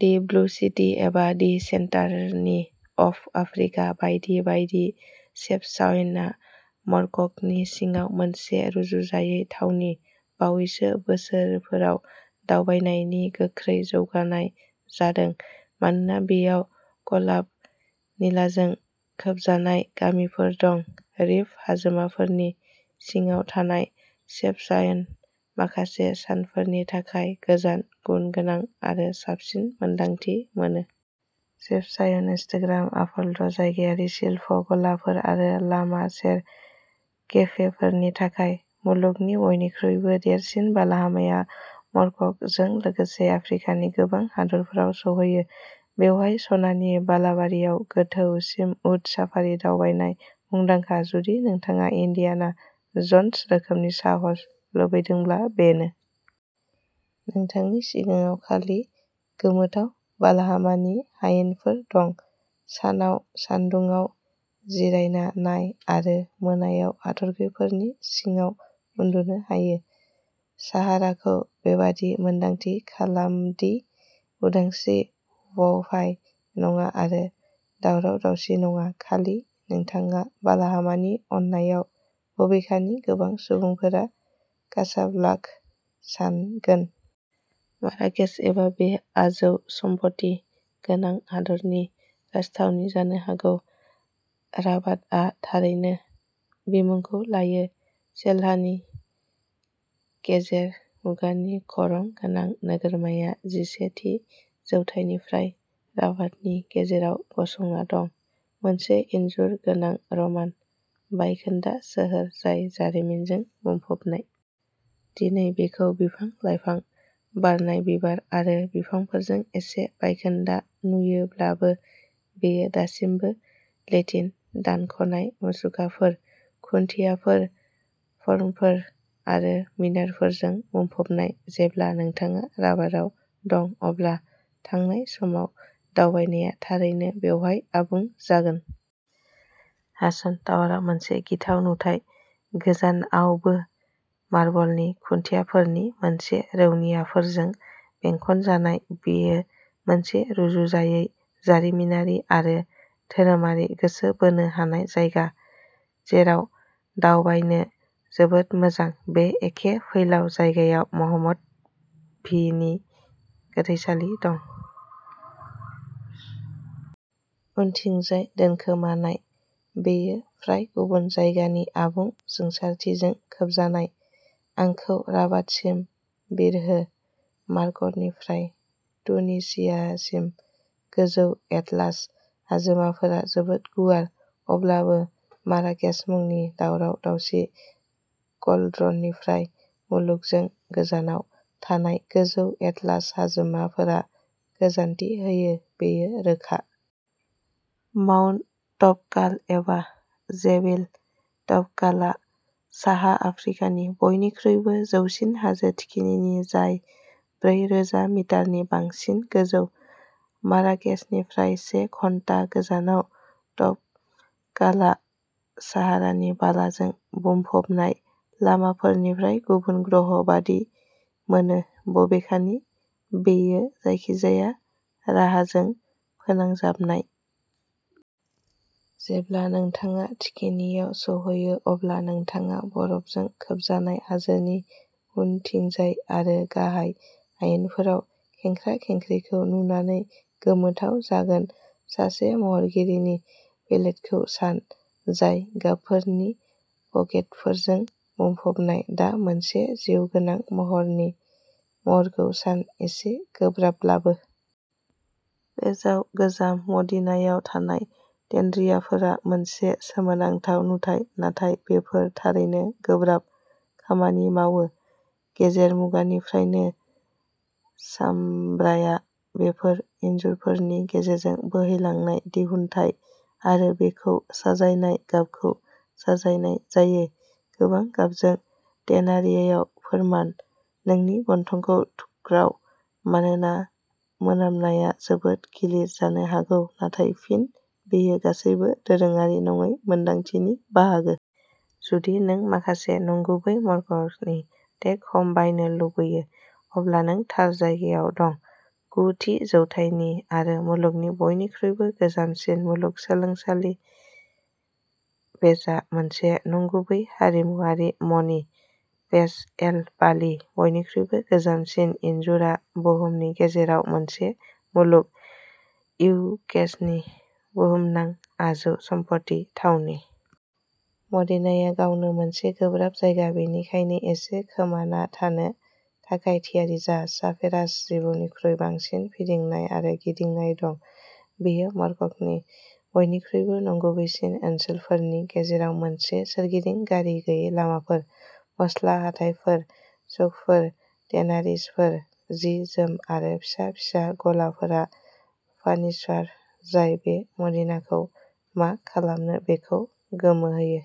दि blue city एबा the सेन्टरिनि of Africa बायदि बायदि, शेफचाउएनआ मरक्क'नि सिङाव मोनसे रुजुजायै थावनि। बावैसो बोसोरफोराव दावबायनायनि गोख्रै जौगानाय जादों मानोना बेयाव कबाल्ट निलाजों खोबजानाय गामिफोर दं। रिफ हाजोमाफोरनि सिङाव थानाय, शेफचाउएनआ माखासे सानफोरनि थाखाय गोजोन, गुनगोनां आरो साबसिन मोनदांथि मोनो। शेफचाउएनआ इनस्टाग्राम आपल'ड, जायगायारि शिल्प गलाफोर आरो लामा सेर केफेफोरनि थाखाय। मुलुगनि बयनिख्रुइबो देरसिन बालाहामाया मरक्क'जों लोगोसे आफ्रिकानि गोबां हादोरफोराव सौहैयो। बेवहाय, सनानि बालाबारियाव गोथौसिम उट साफारि दावबायनाय मुंदांखा। जुदि नोंथाङा इन्डियाना जन्स रोखोमनि साहस लुबैदोंब्ला, बेनो! नोंथांनि सिगाङाव खालि गोमोथाव बालाहामानि हायेनफोर दं, सानाव सान्दुङाव जिरायना नाय आरो मोनायाव हाथरखिफोरनि सिङाव उन्दुनो हायो। साहाराखौ बेबादि मोन्दांथि खालामदि उदांस्रि-वाइफाइ नङा आरो दावराव दावसि नङा, खालि नोंथाङा बालाहामानि अननायाव। बबेखानि गोबां सुबुंफोरा कासाब्लांकाखौ सानगोन। माराकेच एबा बे आजौसमफथि गोनां हादोरनि राजथावनि जानो हागौ, राबातआ थारैनो बिमुंखौ लायो। चेल्लाह, गेजेर मुगानि खरं गोनां नोगोरमाया जिसे थि जौथायनिफ्राय राबातनि गेजेराव गसंना दं, मोनसे इन्जुर गोनां र'मान बायखोन्दा सोहोर जाय जारिमिनजों बुंफबनाय। दिनै बेखौ बिफां लाइफां, बारनाय बिबार आरो बिफांफोरजों एसे बायखोन्दा नुयोब्लाबो, बेयो दासिमबो लेटिन दानख'नाय मुसुखाफोर, खुन्थियाफोर, फोरमफोर आरो मिनारफोरजों बुंफबनाय। जेब्ला नोंथाङा राबाताव दं, अब्ला थांनाय समाव दावबायनाया थारैनो बेवहाय आबुं जागोन। हासान टावारआ मोनसे गिथाव नुथाय, गोजानआवबो। मार्बलनि खुन्थियाफोरनि मोनसे रौनियाफोरजों बेंखनजानाय, बेयो मोनसे रुजुजायै जारिमिनारि आरो धोरोमारि गोसो बोनो हानाय जायगा, जेराव दावबायनो जोबोद मोजां। बे एखे फैलाव जायगायाव महम्मद भिनि गोथैसालि दं। उनथिंजाय दोनखोमानाय, बेयो फ्राय गुबुन जायगानि आबुं जोंसारथिजों खोबजानाय। आंखौ राबातसिम बिरहो मारक्क'निफ्राय तुनिसियासिम, गोजौ एटलास हाजोमाफोरा जोबोद गुवार। अब्लाबो, माराकेस मुंनि दावराव-दावसि क'लड्रननिफ्राय मुलुगजों गोजानाव थानाय, गोजौ एटलास हाजोमाफोरा गोजोनथि होयो, बेयो रोखा। माउन्ट तौबकाल एबा जेबेल तौबकालआ साहा आफ्रिकानि बयनिख्रुइबो जौसिन हाजो थिखिनि, जाय ब्रैरोजा मिटारनि बांसिन गोजौ। माराकेसनिफ्राय से घन्टा गोजानाव, तौबकालआ साहारानि बालाजों बुंफबनाय लामाफोरनिफ्राय गुबुन ग्रह बायदि मोनो, बबेखानि बेयो जायखिजाया राहाजों फोनांजाबनाय। जेब्ला नोंथाङा थिखिनियाव सौहैयो, अब्ला नोंथाङा बरफजों खोबजानाय हाजोनि उनथिंजाय आरो गाहाय हायेनफोराव खेंख्रा खेंख्रिखौ नुनानै गोमोथाव जागोन। सासे महरगिरिनि पेलेटखौ सान, जाय गाबफोरनि पकेटफोरजों बुंफबनाय। दा मोनसे जिउगोनां महरनि महरखौ सान, एसे गोब्राबब्लाबो। फेजआव गोजाम मदीनायाव थानाय टेनरियाफोरा मोनसे सोमोनांथाव नुथाय, नाथाय बेफोर थारैनो गोब्राब खामानि मावो। गेजेर मुगानिफ्रायनो, सामब्राया बेफोर इनजुरफोरनि गेजेरजों बोहैलांनाय दिहुनथाय आरो बेखौ साजायनाय गाबखौ साजायनाय जायो। गोबां गाबजों टेनारियाव फोरान। नोंनि गन्थंखौ थुख्राव, मानोना मोनामनाया जोबोद गिलिर जानो हागौ, नाथाय फिन, बेयो गासैबो दोरोङारि नङै मोन्दांथिनि बाहागो। जुदि नों माखासे नंगुबै मरक्क'नि टेक-ह'म बायनो लुगैयो, अब्ला नों थार जायगायाव दं। गु थि जौथाइनि आरो मुलुगनि बयनिख्रुइबो गोजामसिन मुलुगसोलोंसालि, फेजआ मोनसे नंगुबै हारिमुआरि मणि। फेज एल बालि, बयनिख्रुइबो गोजामसिन इनजुरआ बुहुमनि गेजेराव मोनसे मुलुग, इउनेस्क'नि बुहुमनां आजौसमफथि थावनि। मदीनाया गावनो मोनसे गोब्राब जायगा, बेनिखायनो एसे खोमाना थानो थाखाय थियारि जा, सापेरास जिबौनिख्रुइ बांसिन फिदिंनाय आरो गिदिंनाय दं। बेयो मरक्क'नि बयनिख्रुइबो नंगुबैसिन ओनसोलफोरनि गेजेराव मोनसे। सोरगिदिं गारि-गैयै लामाफोर, मस्ला हाथायफोर, सुकफोर, टेनारिसफोर, जि जोम आरो फिसा फिसा गलाफोरा फार्निचार जाय बे मदिनाखौ मा खालामो बेखौ गोमोहोयो।